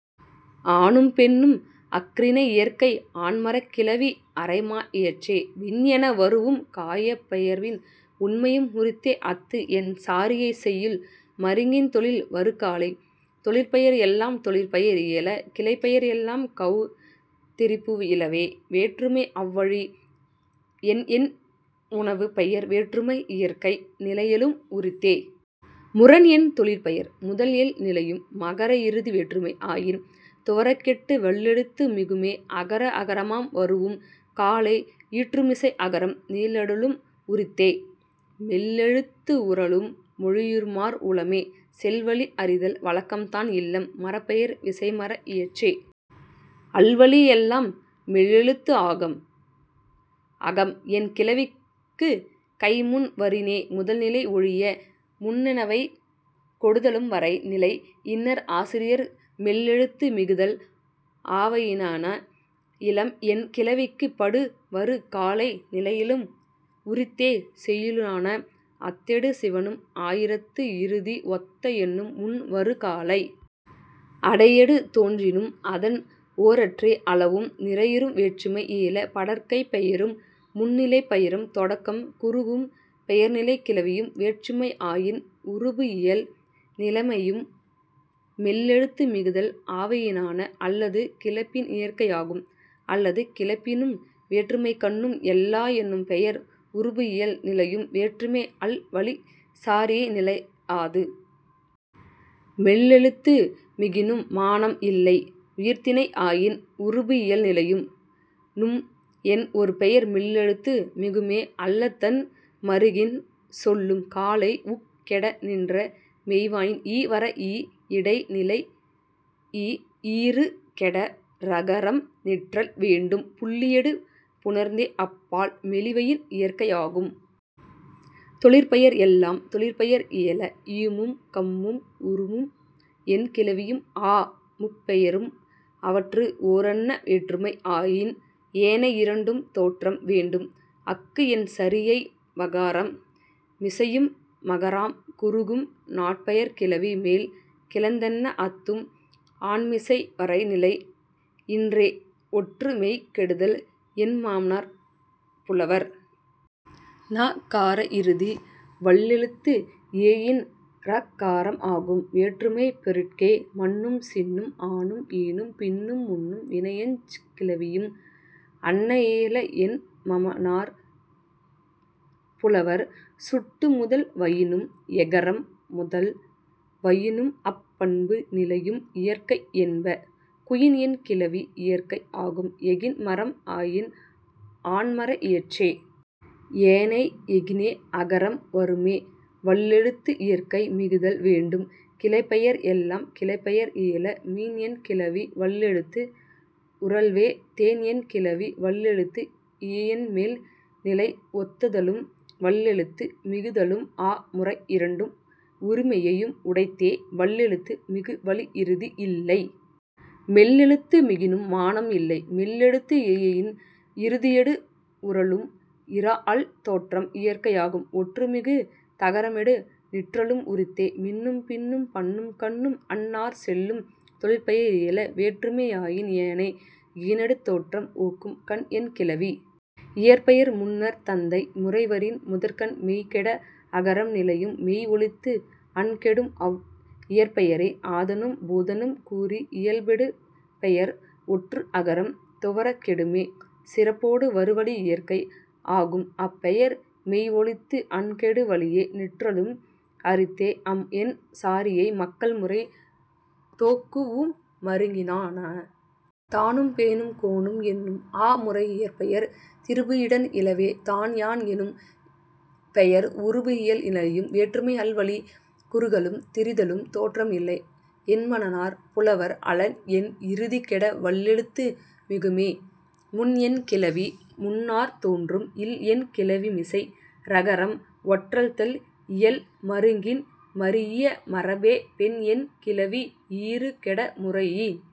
ஆணும் பெண்ணும் அஃறிணை இயற்கை. ஆண்மரக் கிளவி அரைமர இயற்றே. விண் என வரூஉம் காயப் பெயர்வயின் உண்மையும் உரித்தே அத்து என் சாரியை செய்யுள் மருங்கின் தொழில் வரு காலை. தொழிற்பெயர் எல்லாம் தொழிற்பெயர் இயல. கிளைப்பெயர் எல்லாம் கொளத் திரிபு இலவே. வேற்றுமை அவ்வழி எண் என் உணவுப் பெயர் வேற்றுமை இயற்கை நிலையலும் உரித்தே. முரண் என் தொழிற்பெயர் முதல் இயல் நிலையும். மகர இறுதி வேற்றுமை ஆயின் துவரக் கெட்டு வல்லெழுத்து மிகுமே. அகர அகரமாம் வரூஉம் காலை ஈற்றுமிசை அகரம் நீடலும் உரித்தே. மெல்லெழுத்து உறழும் மொழியுமார் உளவே செல் வழி அறிதல் வழக்கத்தான. இல்லம் மரப்பெயர் விசைமர இயற்றே. அல்வழி எல்லாம் மெல்லெழுத்து ஆகும். அகம் என் கிளவிக்குக் கை முன் வரினே முதல்நிலை ஒழிய முன்னவை கொடுதலும் வரை நிலை இன்றே ஆசிரியர்க்க மெல்லெழுத்து மிகுதல் ஆவயினான. இலம் என் கிளவிக்குப் படு வரு காலை நிலையலும் உரித்தே செய்யுளான. அத்தொடு சிவணும் ஆயிரத்து இறுதி ஒத்த எண்ணு முன் வரு காலை. அடையடு தோன்றினும் அதன் ஓரற்றே அளவும் நிறையும் வேற்றுமை இயல. படர்க்கைப் பெயரும் முன்னிலைப் பெயரும் தொடக்கம் குறுகும் பெயர்நிலைக் கிளவியும் வேற்றுமை ஆயின் உருபு இயல் நிலையும் மெல்லெழுத்து மிகுதல் ஆவயினான. அல்லது கிளப்பின் இயற்கை ஆகும். அல்லது கிளப்பினும் வேற்றுமைக்கண்ணும் எல்லாம் எனும் பெயர் உருபு இயல் நிலையும் வேற்றுமை அல் வழிச் சாரியை நிலையாது. மெல்லெழுத்து மிகினும் மானம் இல்லை. உயர்திணை ஆயின் உருபு இயல் நிலையும். நும் என் ஒரு பெயர் மெல்லெழுத்து மிகுமே. அல்லதன் மருங்கின் சொல்லும் காலை உக் கெட நின்ற மெய்வயின் ஈ வர இ இடை நிலைஇ ஈறு கெட ரகரம் நிற்றல் வேண்டும் புள்ளியொடு புணர்ந்தே அப் பால் மொழிவயின் இயற்கை ஆகும். தொழிற்பெயர் எல்லாம் தொழிற்பெயர் இயல. ஈமும் கம்மும் உரும் என் கிளவியும் ஆ முப் பெயரும் அவற்று ஓரன்ன. வேற்றுமை ஆயின் ஏனை இரண்டும் தோற்றம் வேண்டும் அக்கு என் சரியை வகாரம் மிசையும் மகரம் குறுகும். நாட்பெயர்க் கிளவி மேல் கிளந்தன்ன அத்தும் ஆன்மிசை வரை நிலை இன்றே ஒற்று மெய் கெடுதல் என்மனார் புலவர். னகார இறுதி வல்லெழுத்து இயையின் றகாரம் ஆகும் வேற்றுமைப் பொருட்கே. மன்னும் சின்னும் ஆனும் ஈனும் பின்னும் முன்னும் வினையெஞ்சு கிளவியும் அன்ன இயல என்மனார் புலவர். சுட்டு முதல் வயினும் எகரம் முதல் வயினும் அப் பண்பு நிலையும் இயற்கைய என்ப. குயின் என் கிளவி இயற்கை ஆகும் எகின் மரம் ஆயின் ஆண்மர இயற்றே. ஏனை எகினே அகரம் வருமே வல்லெழுத்து இயற்கை மிகுதல் வேண்டும். கிளைப்பெயர் எல்லாம் கிளைப்பெயர் இயல. மீன் என் கிளவி வல்லெழுத்து உறழ்வே தேன் என் கிளவி வல்லெழுத்து இயையின் மேல் நிலை ஒத்தலும் வல்லெழுத்து மிகுதலும் ஆ முறை இரண்டும் உரிமையும் உடைத்தே வல்லெழுத்து மிகு வழி இறுதி இல்லை. மெல்லெழுத்து மிகினும் மானம் இல்லை. மெல்லெழுத்து இயையின் இறுதியொடு உறழும். இறாஅல் தோற்றம் இயற்கை ஆகும். ஒற்று மிகு தகரமொடு நிற்றலும் உரித்தே. மின்னும் பின்னும் பன்னும் கன்னும் அந் நாற் சொல்லும் தொழிற்பெயர் இயல. வேற்றுமை ஆயின் ஏனை எகினொடு தோற்றம் ஒக்கும் கன் என் கிளவி. இயற்பெயர் முன்னர்த் தந்தை முறை வரின் முதற்கண் மெய் கெட அகரம் நிலையும் மெய் ஒழித்து அன் கெடும் அவ் இயற்பெயரே. ஆதனும் பூதனும் கூறிய இயல்பெடு பெயர் ஒற்று அகரம் துவரக் கெடுமே. சிறப்பொடு வரு வழி இயற்கை ஆகும். அப் பெயர் மெய் ஒழித்து அன் கெடு வழியே நிற்றலும் உரித்தே அம் என் சாரியை மக்கள் முறை தொகூஉம் மருங்கினான. தானும் பேனும் கோனும் என்னும் ஆ முறை இயற்பெயர் திரிபு இடன் இலவே. தான் யான் எனும் பெயர் உருபு இயல் நிலையும். வேற்றுமை அல் வழிக் குறுகலும் திரிதலும் தோற்றம் இல்லை என்மனார் புலவர். அழன் என் இறுதி கெட வல்லெழுத்து மிகுமே. முன் என் கிளவி முன்னர்த் தோன்றும் இல் என் கிளவிமிசை றகரம் ஒற்றல் தொல் இயல் மருங்கின் மரீஇய மரபே. பென் என் கிளவி ஈறு கெட முறையின்